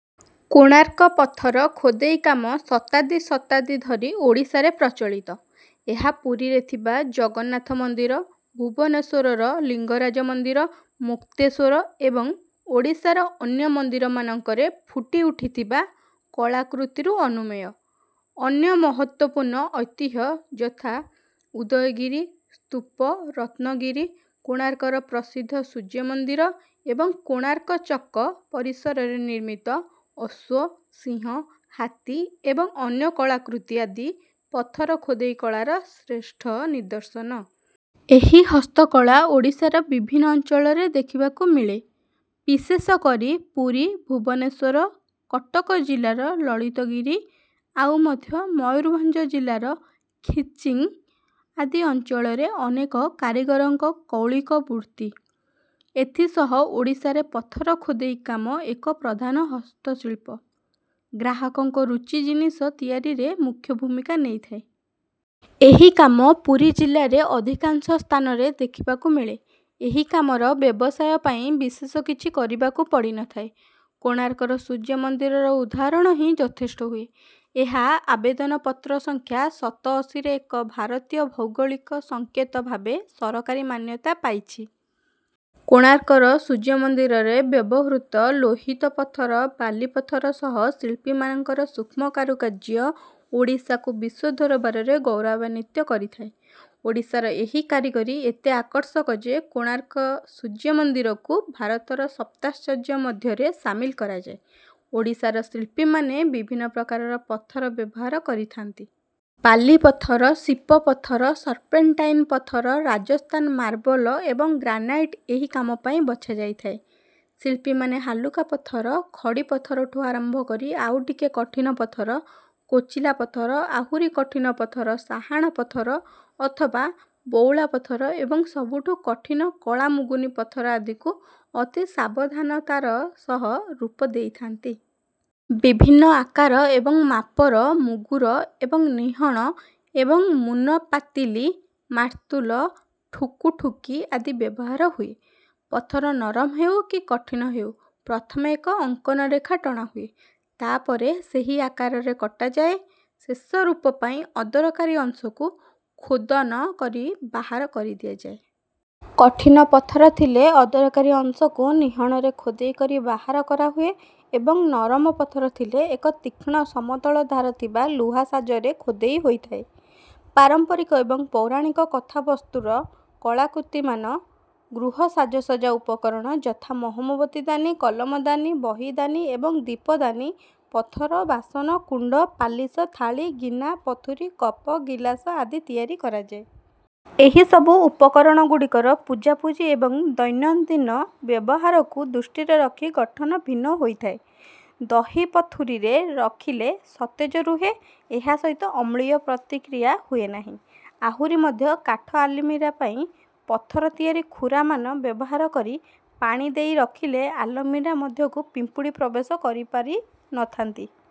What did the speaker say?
କୋଣାର୍କ ପଥର ଖୋଦେଇ କାମ ଶତାବ୍ଦୀ ଶତାବ୍ଦୀ ଧରି ଓଡ଼ିଶାରେ ପ୍ରଚଳିତ। ଏହା ପୁରୀରେ ଥିବା ଜଗନ୍ନାଥ ମନ୍ଦିର ଭୁବନେଶ୍ୱରର ଲିଙ୍ଗରାଜ ମନ୍ଦିର ମୁକ୍ତେଶ୍ୱର ଏବଂ ଓଡ଼ିଶାର ଅନ୍ୟ ମନ୍ଦିରମାନଙ୍କରେ ଫୁଟିଉଠିଥିବା କଳାକୃତିରୁ ଅନୁମେୟ। ଅନ୍ୟ ମହତ୍ତ୍ୱପୂର୍ଣ୍ଣ ଐତିହ୍ୟ ଯଥା ଉଦୟଗିରି ସ୍ତୂପ ରତ୍ନଗିରି କୋଣାର୍କର ପ୍ରସିଦ୍ଧ ସୂର୍ଯ୍ୟମନ୍ଦିର ଏବଂ କୋଣାର୍କ ଚକ ପରିସରରେ ନିର୍ମିତ ଅଶ୍ୱ ସିଂହ ହାତୀ ଏବଂ ଅନ୍ୟ କଳାକୃତି ଆଦି ପଥର ଖୋଦେଇ କଳାର ଶ୍ରେଷ୍ଠ ନିଦର୍ଶନ। ଏହି ହସ୍ତକଳା ଓଡ଼ିଶାର ବିଭିନ୍ନ ଅଞ୍ଚଳରେ ଦେଖିବାକୁ ମିଳେ। ବିଶେଷକରି ପୁରୀ ଭୁବନେଶ୍ୱର କଟକ ଜିଲ୍ଲାର ଲଳିତଗିରି ଆଉ ମଧ୍ୟ ମୟୂରଭଞ୍ଜ ଜିଲ୍ଲାର ଖିଚିଂ ଆଦି ଅଞ୍ଚଳରେ ଅନେକ କାରିଗରଙ୍କ କୌଳିକ ବୃତ୍ତି। ଏଥିସହ ଓଡ଼ିଶାରେ ପଥର ଖୋଦେଇ କାମ ଏକ ପ୍ରଧାନ ହସ୍ତଶିଳ୍ପ। ଗ୍ରାହକଙ୍କ ରୁଚି ଜିନିଷ ତିଆରିରେ ମୁଖ୍ୟ ଭୂମିକା ନେଇଥାଏ। ଏହି କାମ ପୁରୀ ଜିଲ୍ଲାରେ ଅଧିକାଂଶ ସ୍ଥାନରେ ଦେଖିବାକୁ ମିଳେ। ଏହି କାମର ବ୍ୟବସାୟ ପାଇଁ ବିଶେଷ କିଛି କରିବାକୁ ପଡ଼ିନଥାଏ। କୋଣାର୍କର ସୂର୍ଯ୍ୟମନ୍ଦିରର ଉଦାହରଣ ହିଁ ଯଥେଷ୍ଟ ହୁଏ। ଏହା ଆବେଦନ ପତ୍ର ସଂଖ୍ୟା ସତଅଶୀରେ ଏକ ଭାରତୀୟ ଭୌଗୋଳିକ ସଂକେତ ଭାବେ ସରକାରୀ ମାନ୍ୟତା ପାଇଛି। କୋଣାର୍କର ସୂର୍ଯ୍ୟମନ୍ଦିରରେ ବ୍ୟବହୃତ ଲୋହିତ ପଥର ବାଲିପଥର ସହ ଶିଳ୍ପୀମାନଙ୍କ ସୂକ୍ଷ୍ମ କାରୁକାର୍ଯ୍ୟ ଓଡ଼ିଶାକୁ ବିଶ୍ୱ ଦରବାରରେ ଗୌରବାନ୍ୱିତ କରିଥାଏ। ଓଡ଼ିଶାର ଏହି କାରିଗରୀ ଏତେ ଆକର୍ଷକ ଯେ କୋଣାର୍କ ସୂର୍ଯ୍ୟମନ୍ଦିରକୁ ଭାରତର ସପ୍ତାଶ୍ଚର୍ଯ୍ୟ ମଧ୍ୟରେ ସାମିଲ କରାଯାଏ। ଓଡ଼ିଶାର ଶିଳ୍ପୀମାନେ ବିଭିନ୍ନ ପ୍ରକାରର ପଥର ବ୍ୟବହାର କରିଥାନ୍ତି। ବାଲିପଥର ସିପ ପଥର ସର୍ପେଣ୍ଟାଇନ ପଥର ରାଜସ୍ଥାନ ମାର୍ବଲ ଏବଂ ଗ୍ରାନାଇଟ ଏହି କାମ ପାଇଁ ବଛାଯାଇଥାଏ। ଶିଳ୍ପୀମାନେ ହାଲୁକା ପଥର ଖଡ଼ିପଥରଠୁ ଆରମ୍ଭ କରି ଆଉ ଟିକେ କଠିନ ପଥର କୋଚିଲା ପଥର ଆହୁରି କଠିନ ପଥର ସାହାଣ ପଥର ଅଥବା ବଉଳା ପଥର ଏବଂ ସବୁଠୁ କଠିନ କଳା ମୁଗୁନି ପଥର ଆଦିକୁ ଅତି ସାବଧାନତାର ସହ ରୂପ ଦେଇଥାନ୍ତି। ବିଭିନ୍ନ ଆକାର ଏବଂ ମାପର ମୁଗୁର ଏବଂ ନିହଣ ଏବଂ ମୁନ ପାତିଲି ମାର୍ତୁଲ ଠୁକୁ-ଠୁକି ଆଦି ବ୍ୟବହାର ହୁଏ। ପଥର ନରମ ହେଉ କି କଠିନ ହେଉ ପ୍ରଥମେ ଏକ ଅଙ୍କନ ରେଖା ଟଣାହୁଏ। ତାପରେ ସେହି ଆକାରରେ କଟାଯାଏ। ଶେଷ ରୂପ ପାଇଁ ଅଦରକାରୀ ଅଂଶକୁ ଖୋଦନ କରି ବାହାର କରିଦିଆଯାଏ। କଠିନ ପଥର ଥିଲେ ଅଦରକାରୀ ଅଂଶକୁ ନିହଣରେ ଖୋଦେଇ କରି ବାହାର କରାହୁଏ ଏବଂ ନରମ ପଥର ଥିଲେ ଏକ ତୀକ୍ଷ୍ଣ ସମତଳ ଧାର ଥିବା ଲୁହା ସାଜରେ ଖୋଦେଇ ହୋଇଥାଏ। ପାରମ୍ପରିକ ଏବଂ ପୌରାଣିକ କଥାବସ୍ତୁର କଳାକୃତିମାନ ଗୃହସାଜସଜ୍ଜା ଉପକରଣ ଯଥା ମହମବତୀ ଦାନି କଲମ ଦାନି ବହି ଦାନି ଏବଂ ଦୀପଦାନି ପଥର ବାସନ କୁଣ୍ଡ ପାଲିସ ଥାଳି ଗିନା ପଥୁରୀ କପ ଗିଲାସ ଆଦି ତିଆରି କରାଯାଏ। ଏହି ସବୁ ଉପକରଣଗୁଡ଼ିକର ପୂଜାପୂଜି ଏବଂ ଦୈନନ୍ଦିନ ବ୍ୟବହାରକୁ ଦୃଷ୍ଟିରେ ରଖି ଗଠନ ଭିନ୍ନ ହୋଇଥାଏ। ଦହି ପଥୁରୀରେ ରଖିଲେ ସତେଜ ରୁହେ ଏହା ସହିତ ଅମ୍ଳୀୟ ପ୍ରତିକ୍ରିୟା ହୁଏନାହିଁ। ଆହୁରି ମଧ୍ୟ କାଠ ଆଲମିରା ପାଇଁ ପଥର ତିଆରି ଖୁରାମାନ ବ୍ୟବହାର କରି ପାଣି ଦେଇ ରଖିଲେ ଆଲମିରା ମଧ୍ୟକୁ ପିମ୍ପୁଡ଼ି ପ୍ରବେଶ କରିପାରିନଥାନ୍ତି।